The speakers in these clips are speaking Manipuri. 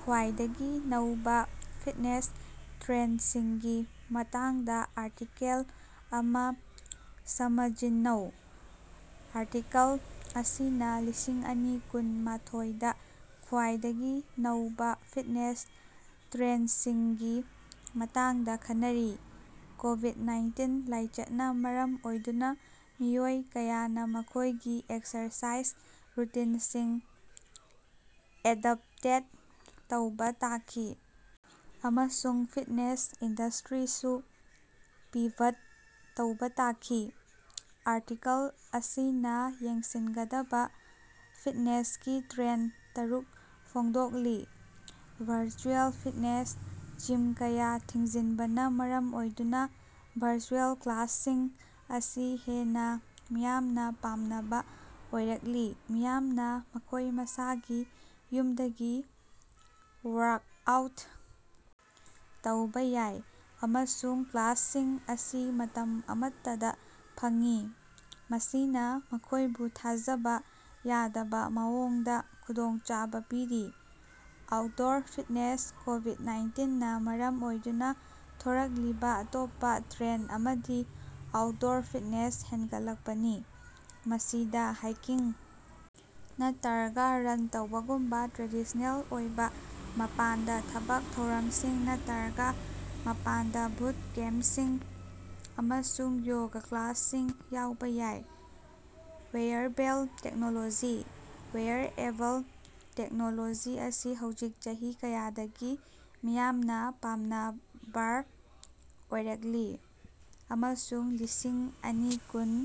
ꯈ꯭ꯋꯥꯏꯗꯒꯤ ꯅꯧꯕ ꯐꯤꯠꯅꯦꯁ ꯇ꯭ꯔꯦꯟꯗꯁꯤꯡꯒꯤ ꯃꯇꯥꯡꯗ ꯑꯥꯔꯇꯤꯀꯦꯜ ꯑꯃ ꯁꯃꯖꯤꯟꯅꯧ꯫ ꯑꯥꯔꯇꯤꯀꯜ ꯑꯁꯤꯅ ꯂꯤꯁꯤꯡ ꯑꯅꯤ ꯀꯨꯟ ꯃꯥꯊꯣꯏ ꯗꯥ ꯈ꯭ꯋꯥꯏꯗꯒꯤ ꯅꯧꯕ ꯐꯤꯠꯅꯦꯁ ꯇ꯭ꯔꯦꯟꯗꯁꯤꯡꯒꯤ ꯃꯇꯥꯡꯗ ꯈꯟꯅꯔꯤ, ꯀꯣꯕꯤꯗ-ꯅꯥꯏꯟꯇꯤꯟ ꯂꯥꯏꯆꯠꯅ ꯃꯔꯝ ꯑꯣꯏꯗꯨꯅ ꯃꯤꯑꯣꯏ ꯀꯌꯥꯅ ꯃꯈꯣꯏꯒꯤ ꯑꯦꯛꯁꯔꯁꯥꯏꯖ ꯔꯨꯇꯤꯟꯁꯤꯡ ꯑꯦꯗꯞꯇꯦꯠ ꯇꯧꯕ ꯇꯥꯈꯤ ꯑꯃꯁꯨꯡ ꯐꯤꯠꯅꯦꯁ ꯏꯟꯗꯁꯇ꯭ꯔꯤꯁꯨ ꯄꯤꯚꯠ ꯇꯧꯕ ꯇꯥꯈꯤ꯫ ꯑꯥꯔꯇꯤꯀꯜ ꯑꯁꯤꯅ ꯌꯦꯡꯁꯤꯟꯒꯗꯕ ꯐꯤꯠꯅꯦꯁꯀꯤ ꯇ꯭ꯔꯦꯟꯗ ꯇꯔꯨꯛ ꯐꯣꯡꯗꯣꯛꯂꯤ - ꯚꯔꯆꯨꯑꯦꯜ ꯐꯤꯠꯅꯦꯁ -ꯖꯤꯝ ꯀꯌꯥ ꯊꯤꯡꯖꯤꯟꯕꯅ ꯃꯔꯝ ꯑꯣꯏꯗꯨꯅ ꯚꯔꯆꯨꯑꯦꯜ ꯀ꯭ꯂꯥꯁꯁꯤꯡ ꯑꯁꯤ ꯍꯦꯟꯅ ꯃꯤꯌꯥꯝꯅ ꯄꯥꯝꯅꯕ ꯑꯣꯏꯔꯛꯂꯤ꯫ ꯃꯤꯌꯥꯝꯅ ꯃꯈꯣꯏ ꯃꯁꯥꯒꯤ ꯌꯨꯝꯗꯒꯤ ꯋꯥ꯭ꯔꯛꯑꯥꯎꯠ ꯇꯧꯕ ꯌꯥꯏ, ꯑꯃꯁꯨꯡ ꯀ꯭ꯂꯥꯁꯁꯤꯡ ꯑꯁꯤ ꯃꯇꯝ ꯑꯃꯠꯇꯗ ꯐꯪꯏ, ꯃꯁꯤꯅ ꯃꯈꯣꯏꯕꯨ ꯊꯥꯖꯕ ꯌꯥꯗꯕ ꯃꯑꯣꯡꯗ ꯈꯨꯗꯣꯡꯆꯥꯕ ꯄꯤꯔꯤ꯫ ꯑꯥ꯭ꯎꯠꯗꯣꯔ ꯐꯤꯠꯅꯦꯁ - ꯀꯣꯕꯤꯗ - ꯅꯥꯏꯟꯇꯤꯟ ꯅꯥ ꯃꯔꯝ ꯑꯣꯏꯗꯨꯅ ꯊꯣꯔꯛꯂꯤꯕ ꯑꯇꯣꯞꯄ ꯇ꯭ꯔꯦꯟꯗ ꯑꯃꯗꯤ ꯑꯥ꯭ꯎꯠꯗꯣꯔ ꯐꯤꯠꯅꯦꯁ ꯍꯦꯟꯒꯠꯂꯛꯄꯅꯤ꯫ ꯃꯁꯤꯗ ꯍꯥꯏꯀꯤꯡ ꯅꯠꯇꯔꯒ ꯔꯟ ꯇꯧꯕꯒꯨꯝꯕ ꯇ꯭ꯔꯦꯗꯤꯁ꯭ꯅꯦꯜ ꯑꯣꯏꯕ ꯃꯄꯥꯟꯗ ꯊꯕꯛ ꯊꯧꯔꯝꯁꯤꯡ, ꯅꯠꯇꯔꯒ ꯃꯄꯥꯟꯗ ꯕꯨꯠ ꯀꯦꯝꯄꯁꯤꯡ ꯑꯃꯁꯨꯡ ꯌꯣꯒ ꯀ꯭ꯂꯥꯁꯁꯤꯡ ꯌꯥꯎꯕ ꯌꯥꯏ꯫ ꯋꯦꯌꯔꯕꯦꯜ ꯇꯦꯛꯅꯣꯂꯣꯖꯤ - ꯋꯦꯌꯔꯑꯦꯕꯜ ꯇꯦꯛꯅꯣꯂꯣꯖꯤ ꯑꯁꯤ ꯍꯧꯖꯤꯛ ꯆꯍꯤ ꯀꯌꯥꯗꯒꯤ ꯃꯤꯌꯥꯝꯅ ꯄꯥꯝꯅꯕꯥꯔ ꯑꯣꯏꯔꯛꯂꯤ ꯑꯃꯁꯨꯡ ꯂꯤꯁꯤꯡ ꯑꯅꯤ ꯀꯨꯟ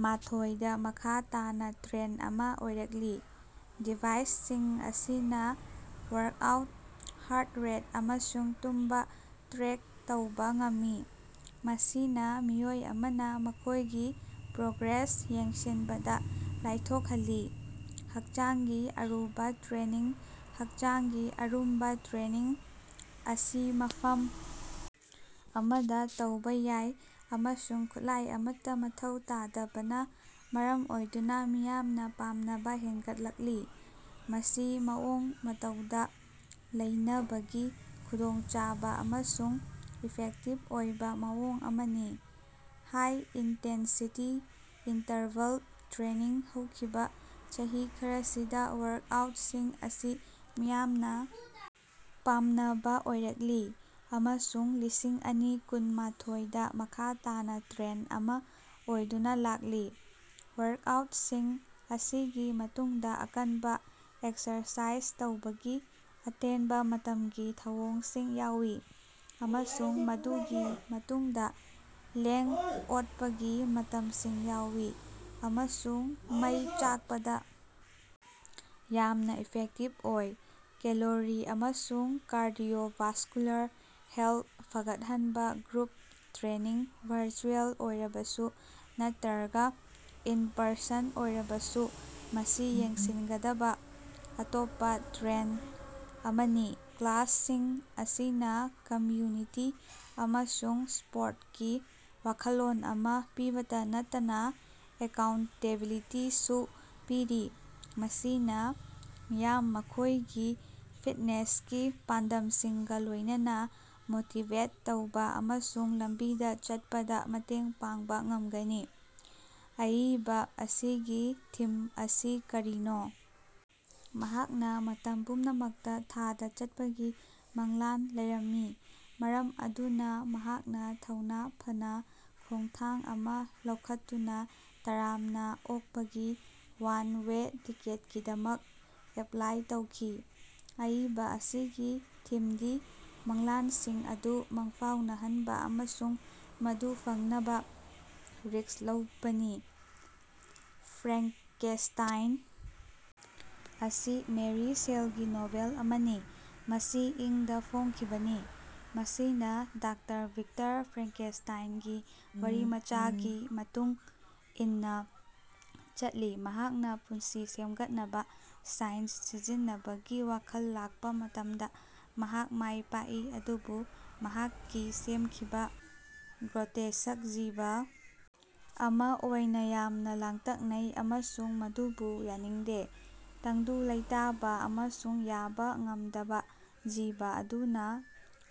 ꯃꯥꯊꯣꯏ ꯗꯥ ꯃꯈꯥ ꯇꯥꯅ ꯇ꯭ꯔꯦꯟꯗ ꯑꯃ ꯑꯣꯏꯔꯛꯂꯤ, ꯗꯤꯚꯥꯏꯁꯁꯤꯡ ꯑꯁꯤꯅ ꯋꯥ‍꯭ꯔꯛꯑꯥꯎꯠ, ꯍꯥ꯭ꯔꯠ ꯔꯦꯠ, ꯑꯃꯁꯨꯡ ꯇꯨꯝꯕ ꯇ꯭ꯔꯦꯛ ꯇꯧꯕ ꯉꯝꯃꯤ, ꯃꯁꯤꯅ ꯃꯤꯑꯣꯏ ꯑꯃꯅ ꯃꯈꯣꯏꯒꯤ ꯄ꯭ꯔꯣꯒ꯭ꯔꯦꯁ ꯌꯦꯡꯁꯤꯟꯕꯗ ꯂꯥꯏꯊꯣꯛꯍꯜꯂꯤ꯫ ꯍꯛꯆꯥꯡꯒꯤ ꯑꯔꯨꯝꯕ ꯇ꯭ꯔꯦꯅꯤꯡ - ꯍꯠꯆꯥꯡꯒꯤ ꯑꯔꯨꯝꯕ ꯇ꯭ꯔꯦꯅꯤꯡ ꯑꯁꯤ ꯃꯐꯝ ꯑꯃꯗ ꯇꯧꯕ ꯌꯥꯏ ꯑꯃꯁꯨꯡ ꯈꯨꯠꯂꯥꯏ ꯑꯃꯠꯇ ꯃꯊꯧ ꯇꯥꯗꯕꯅꯥ ꯃꯔꯝ ꯑꯣꯏꯗꯨꯅ ꯃꯤꯌꯥꯝꯅ ꯄꯥꯝꯅꯕ ꯍꯦꯟꯒꯠꯂꯛꯂꯤ꯫ ꯃꯁꯤ ꯃꯑꯣꯡ ꯃꯇꯧꯗ ꯂꯩꯅꯕꯒꯤ ꯈꯨꯗꯣꯡꯆꯥꯕ ꯑꯃꯁꯨꯡ ꯏꯐꯦꯛꯇꯤꯕ ꯑꯣꯏꯕ ꯃꯑꯣꯡ ꯑꯃꯅꯤ꯫ ꯍꯥꯏ-ꯏꯟꯇꯦꯟꯁꯤꯇꯤ ꯏꯟꯇꯔꯚꯜ ꯇ꯭ꯔꯦꯅꯤꯡ - ꯍꯧꯈꯤꯕ ꯆꯍꯤ ꯈꯔꯁꯤꯗ ꯋꯥ꯭ꯔꯛꯑꯥ꯭ꯎꯠꯁꯤꯡ ꯑꯁꯤ ꯃꯤꯌꯥꯝꯅ ꯄꯥꯝꯅꯕ ꯑꯣꯏꯔꯛꯂꯤ ꯑꯃꯁꯨꯡ ꯂꯤꯁꯤꯡ ꯑꯅꯤ ꯀꯨꯟ ꯃꯥꯊꯣꯏ ꯗꯥ ꯃꯈꯥ ꯇꯥꯅ ꯇ꯭ꯔꯦꯟꯗ ꯑꯃ ꯑꯣꯏꯗꯨꯅ ꯂꯥꯛꯂꯤ, ꯋꯥ꯭ꯔꯛꯑꯥ꯭ꯎꯠꯁꯤꯡ ꯑꯁꯤꯒꯤ ꯃꯇꯨꯡꯗ ꯑꯀꯟꯕ ꯑꯦꯛꯁꯔꯁꯥꯏꯖ ꯇꯧꯕꯒꯤ ꯑꯇꯦꯟꯕ ꯃꯇꯝꯒꯤ ꯊꯧꯑꯣꯡꯁꯤꯡ ꯌꯥꯎꯏ, ꯑꯃꯁꯨꯡ ꯃꯗꯨꯒꯤ ꯃꯇꯨꯡꯗ ꯂꯦꯡ-ꯑꯣꯠꯄꯒꯤ ꯃꯇꯝꯁꯤꯡ ꯌꯥꯎꯏ, ꯑꯃꯁꯨꯡ ꯃꯩ ꯆꯥꯛꯄꯗ ꯌꯥꯝꯅ ꯏꯐꯦꯛꯇꯤꯚ ꯑꯣꯏ꯫ ꯀꯦꯂꯣꯔꯤ ꯑꯃꯁꯨꯡ ꯀꯥꯔꯗꯤꯑꯣꯚꯥꯁꯀꯨꯂꯥꯔ ꯍꯦꯜꯊ ꯐꯒꯠꯍꯟꯕ- ꯒ꯭ꯔꯨꯞ ꯇ꯭ꯔꯦꯅꯤꯡ, ꯚꯔꯆꯨꯑꯦꯜ ꯑꯣꯏꯔꯕꯁꯨ ꯅꯠꯇꯔꯒ ꯏꯟ-ꯄꯔꯁꯟ ꯑꯣꯏꯔꯕꯁꯨ, ꯃꯁꯤ ꯌꯦꯡꯁꯤꯟꯒꯗꯕ ꯑꯇꯣꯞꯄ ꯇ꯭ꯔꯦꯟꯗ ꯑꯃꯅꯤ꯫ ꯀ꯭ꯂꯥꯁꯁꯤꯡ ꯑꯁꯤꯅ ꯀꯝꯃ꯭ꯌꯨꯅꯤꯇꯤ ꯑꯃꯁꯨꯡ ꯁꯄꯣꯔꯇꯀꯤ ꯋꯥꯈꯜꯂꯣꯟ ꯑꯃ ꯄꯤꯕꯇ ꯅꯠꯇꯅꯥ ꯑꯦꯀꯥꯎꯟꯇꯦꯕꯤꯂꯤꯇꯤꯁꯨ ꯄꯤꯔꯤ, ꯃꯁꯤꯅ ꯃꯤꯌꯥꯝ ꯃꯈꯣꯏꯒꯤ ꯐꯤꯠꯅꯦꯁꯀꯤ ꯄꯥꯟꯗꯝꯁꯤꯡꯒ ꯂꯣꯏꯅꯅꯥ ꯃꯣꯇꯤꯕꯦꯠ ꯇꯧꯕ ꯑꯃꯁꯨꯡ ꯂꯝꯕꯤꯗ ꯆꯠꯄꯗ ꯃꯇꯦꯡ ꯄꯥꯡꯕ ꯉꯝꯒꯅꯤ꯫ ꯑꯏꯕ ꯑꯁꯤꯒꯤ ꯊꯤꯝ ꯑꯁꯤ ꯀꯔꯤꯅꯣ? ꯃꯍꯥꯛꯅ ꯃꯇꯝ ꯄꯨꯝꯅꯃꯛꯇ ꯊꯥꯗ ꯆꯠꯄꯒꯤ ꯃꯪꯂꯥꯟ ꯂꯩꯔꯝꯃꯤ, ꯃꯔꯝ ꯑꯗꯨꯅ ꯃꯍꯥꯛꯅ ꯊꯧꯅ ꯐꯅꯥ ꯈꯣꯡꯊꯥꯡ ꯑꯃ ꯂꯧꯈꯠꯇꯨꯅꯥ ꯇꯔꯥꯝꯅ ꯑꯣꯛꯄꯒꯤ ꯋꯥꯟ-ꯋꯦ ꯇꯤꯀꯦꯠꯀꯤꯗꯃꯛ ꯑꯦꯞꯂꯥꯏ ꯇꯧꯈꯤ꯫ ꯑꯏꯕ ꯑꯁꯤꯒꯤ ꯊꯤꯝꯗꯤ ꯃꯪꯂꯥꯟꯁꯤꯡ ꯑꯗꯨ ꯃꯪꯐꯥꯎꯅꯍꯟꯕ ꯑꯃꯁꯨꯡ ꯃꯗꯨ ꯐꯪꯅꯕ ꯔꯤꯁ꯭ꯛ ꯂꯧꯕꯅꯤ꯫ ꯐ꯭ꯔꯦꯡꯀꯦꯁ꯭ꯇꯥꯏꯟ ꯑꯁꯤ ꯃꯦꯔꯤ ꯁꯦꯜꯒꯤ ꯅꯣꯚꯦꯜ ꯑꯃꯅꯤ, ꯃꯁꯤ ꯏꯪ ꯗꯥ ꯐꯣꯡꯈꯤꯕꯅꯤ, ꯃꯁꯤꯅ ꯗꯥꯛꯇꯔ ꯚꯤꯛꯇꯔ ꯐ꯭ꯔꯦꯡꯀꯦꯁ꯭ꯇꯥꯏꯟꯒꯤ ꯋꯥꯔꯤꯃꯆꯥꯒꯤ ꯃꯇꯨꯡ ꯏꯟꯅ ꯆꯠꯂꯤ, ꯃꯍꯥꯛꯅ ꯄꯨꯟꯁꯤ ꯁꯦꯝꯒꯠꯅꯕ ꯁꯥꯏꯟꯁ ꯁꯤꯖꯤꯟꯅꯕꯒꯤ ꯋꯥꯈꯜ ꯂꯥꯛꯄ ꯃꯇꯝꯗ꯫ ꯃꯍꯥꯛ ꯃꯥꯏ ꯄꯥꯛꯏ, ꯑꯗꯨꯕꯨ ꯃꯍꯥꯛꯀꯤ ꯁꯦꯝꯈꯤꯕ, ꯒ꯭ꯔꯣꯇꯦꯁ꯭ꯛ ꯖꯤꯕ ꯑꯃ ꯑꯣꯏꯅ ꯌꯥꯝꯅ ꯂꯥꯡꯇꯛꯅꯩ ꯑꯃꯁꯨꯡ ꯃꯗꯨꯕꯨ ꯌꯥꯅꯤꯡꯗꯦ꯫ ꯇꯪꯗꯨ ꯂꯩꯇꯥꯕ ꯑꯃꯁꯨꯡ ꯌꯥꯕ ꯉꯝꯗꯕꯥ ꯖꯤꯕ ꯑꯗꯨꯅ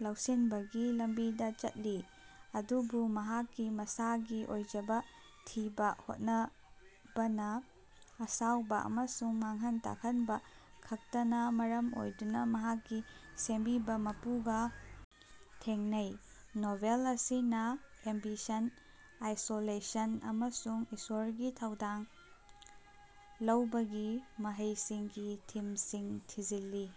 ꯂꯧꯁꯤꯟꯕꯒꯤ ꯂꯝꯕꯤꯗ ꯆꯠꯂꯤ ꯑꯗꯨꯕꯨ ꯃꯍꯥꯛꯀꯤ ꯃꯁꯥꯒꯤ ꯑꯣꯏꯖꯕ ꯊꯤꯕ ꯍꯣꯠꯅꯕꯅꯥ ꯑꯁꯥꯎꯕ ꯑꯃꯁꯨꯡ ꯃꯥꯡꯍꯟ ꯇꯥꯛꯍꯟꯕ ꯈꯛꯇꯅꯥ ꯃꯔꯝ ꯑꯣꯏꯗꯨꯅ ꯃꯍꯥꯛꯀꯤ ꯁꯦꯝꯕꯤꯕ ꯃꯄꯨꯒ ꯊꯦꯡꯅꯩ꯫ ꯅꯣꯚꯦꯜ ꯑꯁꯤꯅ ꯑꯦꯝꯕꯤꯁꯟ, ꯑꯥꯏꯁꯣꯂꯦꯁꯟ ꯑꯃꯁꯨꯡ ꯏꯁꯣꯔꯒꯤ ꯊꯧꯗꯥꯡ ꯂꯧꯕꯒꯤ ꯃꯍꯩꯁꯤꯡꯒꯤ ꯊꯤꯝꯁꯤꯡ ꯊꯤꯖꯤꯜꯂꯤ꯫